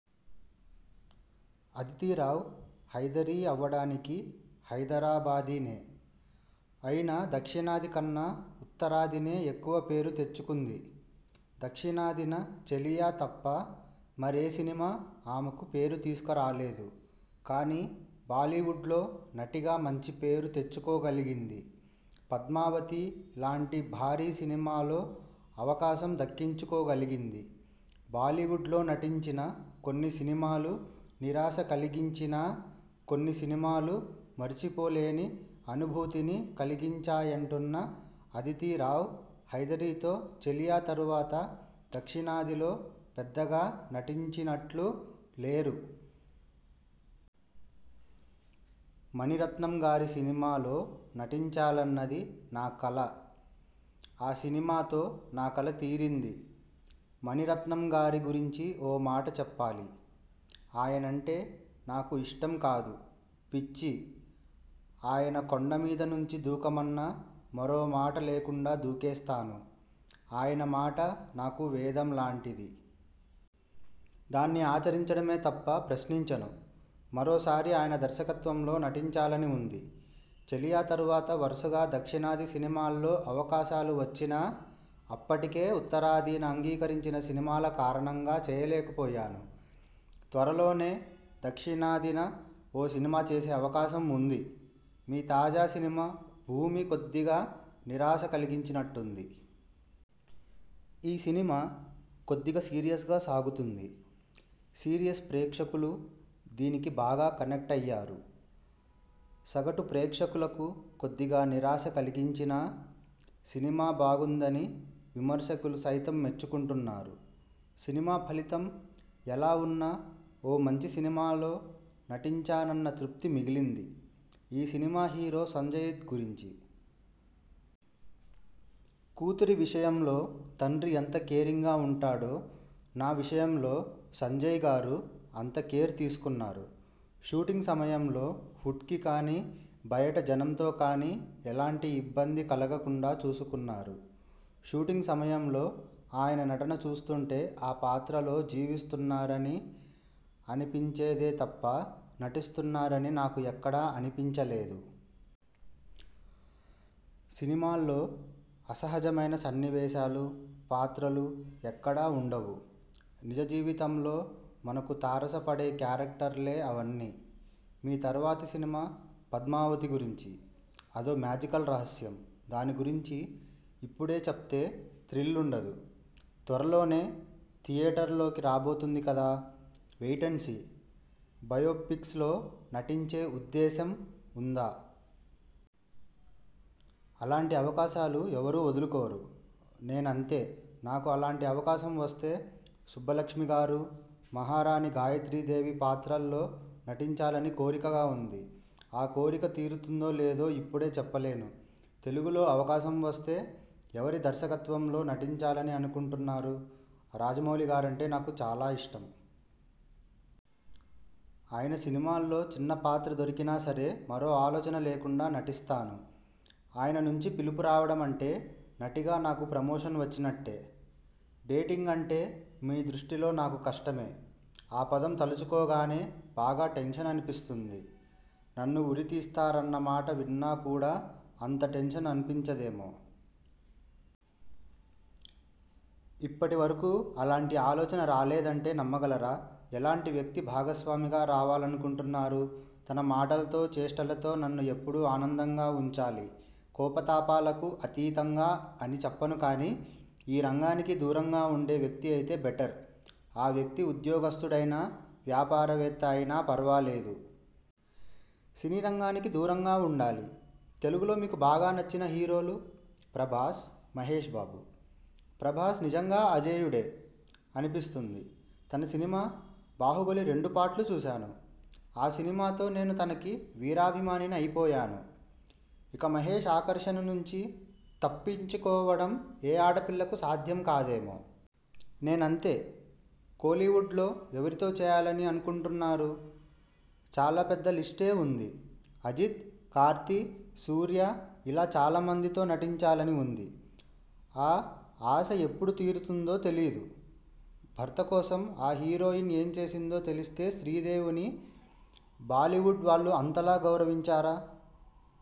అదితిరావ్ హైదరీ అవడానికి హైదరాబాదీనే, అయినా దక్షిణాది కన్నా ఉత్తరాదినే ఎక్కువ పేరు తెచ్చుకుంది. దక్షిణాదిన 'చెలియా' తప్ప మరే సినిమా ఆమెకు పేరు తీసుకురాలేదు. కానీ బాలీవుడ్లో నటిగా మంచి పేరు తెచ్చుకోగలిగింది. 'పద్మావతి'లాంటి భారీ సినిమాలో అవకాశం దక్కించుకోగలిగింది. బాలీవుడ్లో నటించిన కొన్ని సినిమాలు నిరాశ కలిగించినా, కొన్ని సినిమాలు మరిచిపోలేని అనుభూతిని కలిగించాయంటున్న అదితిరావ్ హైదరీతో'చెలియా' తరువాత దక్షిణాదిలో పెద్దగా నటించినట్లు లేరు? మణిరత్నంగారి సినిమాలో నటించాలన్నది నా కల. ఆ సినిమాతో నా కల తీరింది. మణిరత్నంగారి గురించి ఓ మాట చెప్పాలి. ఆయనంటే నాకు ఇష్టం కాదు. పిచ్చి. ఆయన కొండమీద నుంచి దూకమన్నా మరో మాట లేకుండా దూకేస్తాను. ఆయన మాట నాకు వేదం లాంటిది. దాన్ని ఆచరించడమే తప్ప ప్రశ్నించను. మరోసారి ఆయన దర్శకత్వంలో నటించాలని ఉంది. 'చెలియా' తరువాత వరుసగా దక్షిణాది సినిమాల్లో అవకాశాలు వచ్చినా, అప్పటికే ఉత్తరాదిన అంగీకరించిన సినిమాల కారణంగా చేయలేకపోయాను. త్వరలోనే దక్షిణాదిన ఓ సినిమా చేసే అవకాశం ఉంది. మీ తాజా సినిమా 'భూమి' కొద్దిగా నిరాశ కలిగించినట్టుంది? ఈ సినిమా కొద్దిగా సీరియస్గా సాగుతుంది. సీరియస్ ప్రేక్షకులు దీనికి బాగా కనెక్ట్ అయ్యారు. సగటు ప్రేక్షకులకు కొద్దిగా నిరాశ కలిగించినా, సినిమా బాగుందని విమర్శకులు సైతం మెచ్చుకుంటున్నారు. సినిమా ఫలితం ఎలా ఉన్నా ఓ మంచి సినిమాలో నటించానన్న తృప్తి మిగిలింది. ఈ సినిమా హీరో సంజయ్దత్ గురించి? కూతురి విషయంలో తండ్రి ఎంత కేరింగ్గా ఉంటాడో. నా విషయంలో సంజయ్గారు అంత కేర్ తీసుకున్నారు. షూటింగ్ సమయంలో ఫుడ్కి కానీ, బయట జనంతో కానీ ఎలాంటి ఇబ్బంది కలగకుండా చూసుకున్నారు. షూటింగ్ సమయంలో ఆయన నటన చూస్తుంటే ఆ పాత్రలో జీవిస్తున్నారని అనిపించిందేతప్ప నటిస్తున్నారని నాకు ఎక్కడా అనిపించలేదు. సినిమాలో అసహజమైన సన్నివేశాలూ, పాత్రలు ఎక్కడా ఉండవు. నిజజీవితంలో మనకు తారసపడే క్యారక్టర్లే అవన్నీ. మీ తరువాతి సినిమా 'పద్మావతి' గురించి? అదో మ్యాజికల్ రహస్యం దాని గురించి ఇప్పుడే చెప్తే థ్రిల్ ఉండదు. త్వరలోనే ధియేటర్లలోకి రాబోతోంది కదా! Wait and see. బయోపిక్స్లో నటించే ఉద్దేశం ఉందా? అలాంటి అవకాశాలు ఎవరూ వదులుకోరు. నేనూ అంతే. నాకు అలాటి అవకాశం వస్తే సుబ్బలక్ష్మిగారు, మహారాణి గాయత్రీదేవి పాత్రల్లో నటించాలని కోరికగా ఉంది. ఆ కోరిక తీరుతుందో లేదో ఇప్పుడే చెప్పలేను. తెలుగులో అవకాశం వస్తే ఎవరి దర్శకత్వంలో నటించాలని అనుకుంటున్నారు? రాజమౌళిగారంటే నాకు చాలా ఇష్టం. ఆయన సినిమాలో చిన్న పాత్ర దొరికినా సరే మరో ఆలోచన లేకుండా నటిస్తాను. ఆయన నుంచి పిలుపు రావడం అంటే నటిగా నాకు ప్రమోషన్ వచ్చినట్టే! డేటింగ్ అంటే మీ దృష్టిలోనాకు కష్టమే! ఆ పదం తలుచుకోగానే బాగా టెన్షన్ అనిపిస్తుంది. నన్ను ఉరి తీస్తారన్న మాట విన్నా కూడా అంత టెన్షన్ అనిపించదేమో! ఇప్పటి వరకూ అలాంటి ఆలోచన రాలేదంటే నమ్మగలరా? ఎలాంటి వ్యక్తి భాగస్వామిగా రావాలనుకుంటున్నారు? తన మాటలతో చేష్టలతో నన్ను ఎప్పుడూ ఆనందంగా ఉంచాలి. కోపతాపాలకు అతీతంగా అని చెప్పను కానీ, ఈ రంగానికి దూరంగా ఉండే వ్యక్తి అయితే బెటర్. ఆ వ్యక్తి ఉద్యోగస్తుడైనా, వ్యాపారవేత్త అయినా పర్వాలేదు. సినీ రంగానికి దూరంగా ఉండాలి. తెలుగులో మీకు బాగా నచ్చిన హీరోలు? ప్రభాస్, మహేష్బాబు. ప్రభాస్ నిజంగా అజేయుడే అనిపిస్తుంది. తన సినిమా 'బాహుబలి' రెండు పార్టులు చూశాను. ఆ సినిమాతో నేను తనకి వీరాభిమానిని అయిపోయాను. ఇక మహేష్ ఆకర్షణ నుంచి తప్పించుకోవడం ఏ ఆడపిల్లకు సాధ్యం కాదేమో! నేనూ అంతే! కోలీవుడ్లో ఎవరితో చేయాలని అనుకుంటున్నారు? చాలా పెద్ద లిస్టే ఉంది. అజిత్, కార్తీ, సూర్యా ఇలా చాలా మందితో నటించాలని ఉంది. ఆ ఆశ ఎప్పుడు తీరుతుందో తెలియదు. భర్త కోసం ఆ హీరోయిన్ ఏం చేసిందో తెలిస్తేశ్రీదేవిని బాలీవుడ్ వాళ్లు అంతలా గౌరవించారా?